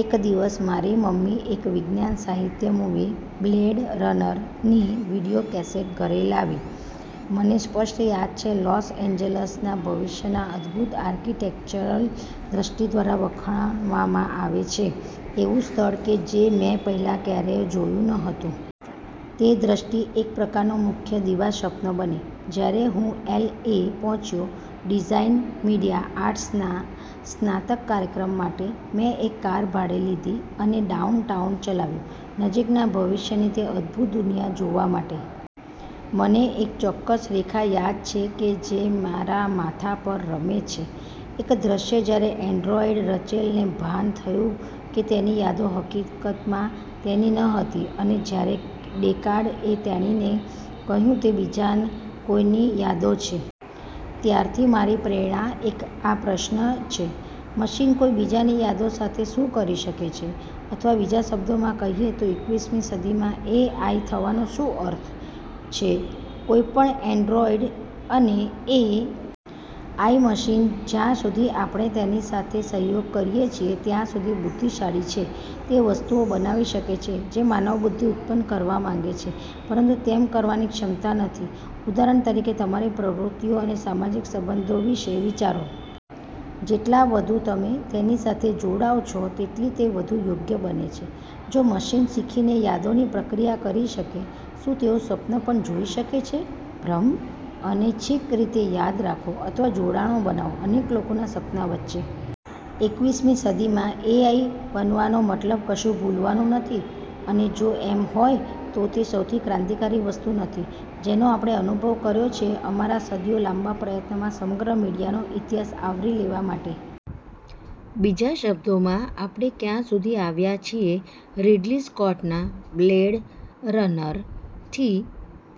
એક દીવસ, મારી મમ્મી એક વિજ્ઞાન-સાહિત્ય મૂવી "બ્લૅડ રનર" ની વિડિઓકેસેટ ઘરે લાવી. મને સ્પષ્ટ યાદ છે લોસ એન્જલસના ભવિષ્યના અદભૂત આર્કિટેક્ચરલ દ્રષ્ટિ દ્વારા, વખાણવામાં આવે છે, એવું સ્થળ કે જે મેં પહેલાં ક્યારેય જોયું ન હતું. તે દ્રષ્ટિ એક પ્રકારનુ મુખ્ય દિવાસ્વપ્ન બની. જ્યારે હું એલ. એ. પહોચ્યો ડિઝાઇન મીડિયા આર્ટ્સમાં સ્નાતક કાર્યક્રમ માટે, મેં એક કાર ભાડે લીધી અને ડાઉનટાઉન ચલાવ્યું નજીકના ભવિષ્યની તે અદભૂત દુનિયા જોવા માટે. મને એક ચોક્કસ રેખા યાદ છે કે જે મારા માથા પર રમે છે: એક દ્રશ્ય જ્યારે એન્ડ્રોઇડ રચેલ ને ભાન થયું કે તેની યાદો હકીકતમાં તેની ન હતી, અને જ્યારે ડેકાર્ડએ તેણીને કહ્યુ તે બીજા કોઈક ની યાદો છે. ત્યારથી, મારી પ્રેરણા એક આ પ્રશ્ન છે. મશીન કોઈ બીજાની યાદો સાથે શું કરી શકે છે? અથવા બીજા શબ્દોમાં કહીએ તો, એકવીસમી સદીમાં એ. આઈ થવાનો શું અર્થ છે? કોઈપણ એન્ડ્રોઇડ અને એ. આઈ મશીન જ્યાં સુધી આપણે તેની સાથે સહયોગ કરીએ છીએ ત્યાં સુધી બુદ્ધિશાળી છે. તે વસ્તુઓ બનાવી શકે છે, જે માનવ-બુદ્ધિ ઉત્પન્ન કરવા માગે છે પરંતુ તેમ કરવાની ક્ષમતા નથી. ઉદાહરણ તરીકે, તમારી પ્રવૃત્તિઓ અને સામાજિક સબંધો વિષે વિચારો. જેટલા વધુ તમે તેની સાથે જોડાઓ છો તેટલી તે વધુ યોગ્ય બને છે. જો મશીન શીખી ને યાદોની પ્રક્રિયા કરી શકે, શું તેઓ સ્વપ્ન પણ જોઈ શકે છે? ભ્રમ? અનૈચ્છિક રીતે યાદ રાખો, અથવા જોડાણો બનાવો અનેક લોકોના સપના વચ્ચે? એકવીસમી સદી માં એ. આઈ બનવાનો મતલબ કશુ ભૂલવાનું નથી? અને, જો એમ હોય તો, તે સૌથી ક્રાંતિકારી વસ્તુ નથી જેનો આપણે અનુભવ કર્યો છે અમારા સદીઓ-લાંબા પ્રયત્નમાં સમગ્ર મીડિયાનો ઇતિહાસ આવરી લેવા માટે? બીજા શબ્દોમાં, આપણે ક્યાં સુધી આવ્યા છીએ રીડલી સ્કોટના "બ્લેડ રનર" થી?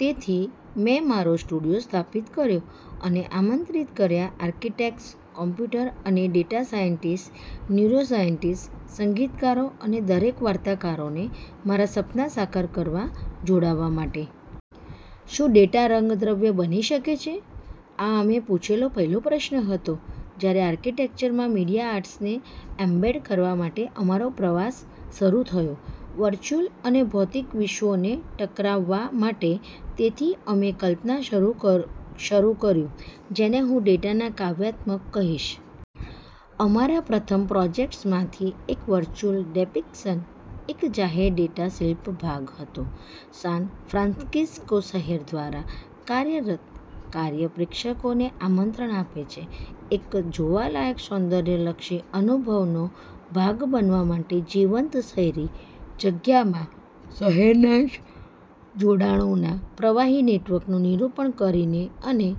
તેથી મેં મારો સ્ટુડિયો સ્થાપિત કર્યો અને આમંત્રિત કર્યા આર્કિટેક્ટ્સ, કોમ્પ્યુટર અને ડેટા સાયન્ટિસ્ટ, ન્યુરોસાયન્ટિસ્ટ, સંગીતકારો અને દરેક વાર્તાકારોને મારા સપના સાકાર કરવા જોડાવા માટે. શું ડેટા રંગદ્રવ્ય બની શકે છે? આ અમે પુછેલો પહેલો પ્રશ્ન હતો જ્યારે આર્કીટેક્ચરમાં મીડિયા આર્ટ્સને એમ્બેડ કરવા માટે અમારો પ્રવાસ શરૂ થયો, વર્ચ્યુઅલ અને ભૌતિક વિશ્વોને ટકરાવવા માટે. તેથી અમે કલ્પના કરવાનું શરૂ કર્યું જેને હું ડેટાના કાવ્યાત્મક કહીશ. અમારા પ્રથમ પ્રોજેક્ટ્સમાંથી એક, "વર્ચ્યુઅલ ડેપીકસન", એક જાહેર ડેટા શિલ્પ ભાગ હતો સાન ફ્રાન્સિસ્કો શહેર દ્વારા કાર્યરત. કાર્ય પ્રેક્ષકોને આમંત્રણ આપે છે એક જોવાલાયક સૌંદર્યલક્ષી અનુભવનો ભાગ બનવા માટે જીવંત શહેરી જગ્યા માં શહેરના જ જોડાણોના પ્રવાહી નેટવર્કનું નિરૂપણ કરીને. અને